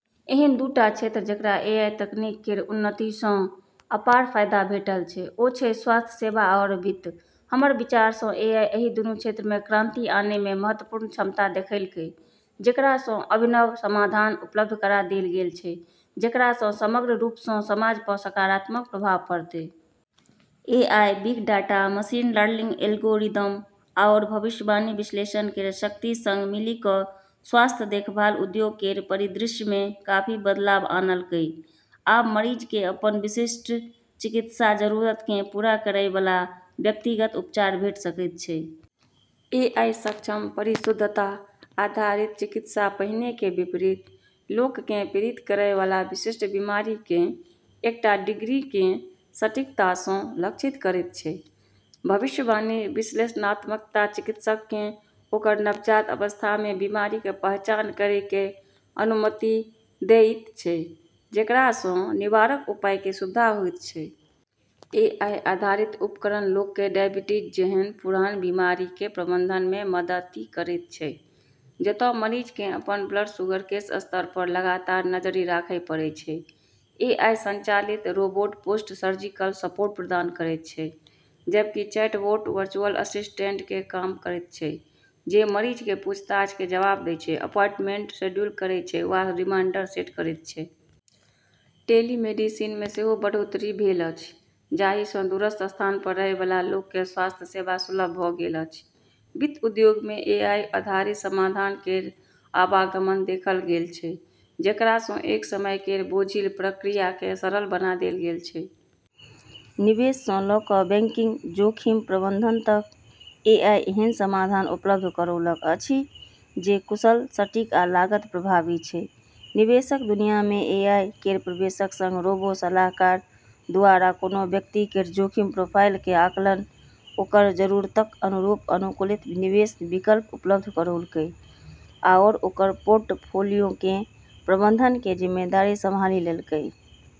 एहन दू टा क्षेत्र जेकरा एआई तकनीक केर उन्नतिसँ अपार फाइदा भेटल छै, ओ छै स्वास्थ्य सेवा आओर वित्त। हमर विचारसँ एआई एहि दुन्नु क्षेत्रमे क्रांति आनैमे महत्वपूर्ण क्षमता देखैलकै, जेकरासँ अभिनव समाधान उपलब्ध करा देल गेल छै, जेकरासँ समग्र रूपसँ समाज प' सकारात्मक प्रभाव पड़तै। AI, big data, machine learning algorithm, आओर भविष्यवाणी विश्लेषण केर शक्ति सङ्ग मिलि क' स्वास्थ्य देखभाल उद्योग केर परिदृश्यमे काफी बदलाव आनलकै । आब मरीजके अपन विशिष्ट चिकित्सा जरूरतकेँ पूरा करयबला व्यक्तिगत उपचार भेट सकैत छै । एआई-सक्षम, परिशुद्धता आधारित चिकित्सा पहिनेके विपरीत, लोककेँ पीड़ित करयबला विशिष्ट बीमारिकेँ एकटा डिग्रीकेँ सटीकतासँ लक्षित करैत छै । भविष्यवाणी विश्लेषणात्मकता चिकित्सककेँ ओकर नवजात अवस्थामे बीमारिक पहचान करैके अनुमति देइत छै, जेकरासँ निवारक उपायके सुविधा होयत छै । एआई आधारित उपकरण लोकके डायबिटीज जेहन पुरान बिमारिके प्रबंधनमे मदति करैत छै, जतऽ मरीजकेँ अपन ब्लड शुगर केर स्तर पर लगातार नजरि राखै पड़ै छै। एआई संचालित रोबोट पोस्ट-सर्जिकल सपोर्ट प्रदान करैत छै, जबकि चैटबोट वर्चुअल असिस्टेंटके काम करैत छै, जे मरीजके पूछताछके जवाब दै छै, अपॉइंटमेंट शेड्यूल करै छै वा रिमाइंडर सेट करैत छै । टेलीमेडिसिनमे सेहो बढ़ोतरी भेल अछि, जाहिसँ दूरस्थ स्थान पर रहयबला लोकके स्वास्थ्य सेवा सुलभ भ' गेल अछि । वित्त उद्योगमे एआई आधारित समाधान केर आवागमन देखल गेल छै जेकरासँ एक समय केर बोझिल प्रक्रियाके सरल बना देल गेल छै। निवेशसँ ल' क' बैंकिंग, जोखिम प्रबंधन तक, एआई एहन समाधान उपलब्ध करौलक अछि जे कुशल, सटीक आ लागत प्रभावी छै । निवेशक दुनियामे एआई केर प्रवेशक सङ्ग रोबो-सलाहकार दुआरा कोनो व्यक्ति केर जोखिम प्रोफाइलके आकलन, ओकर जरूरतक अनुरूप अनुकूलित निवेश विकल्प उपलब्ध करोलकै, आओर ओकर पोर्टफोलियोकेँ प्रबंधनके जिम्मेदारी संभाली लेलकै।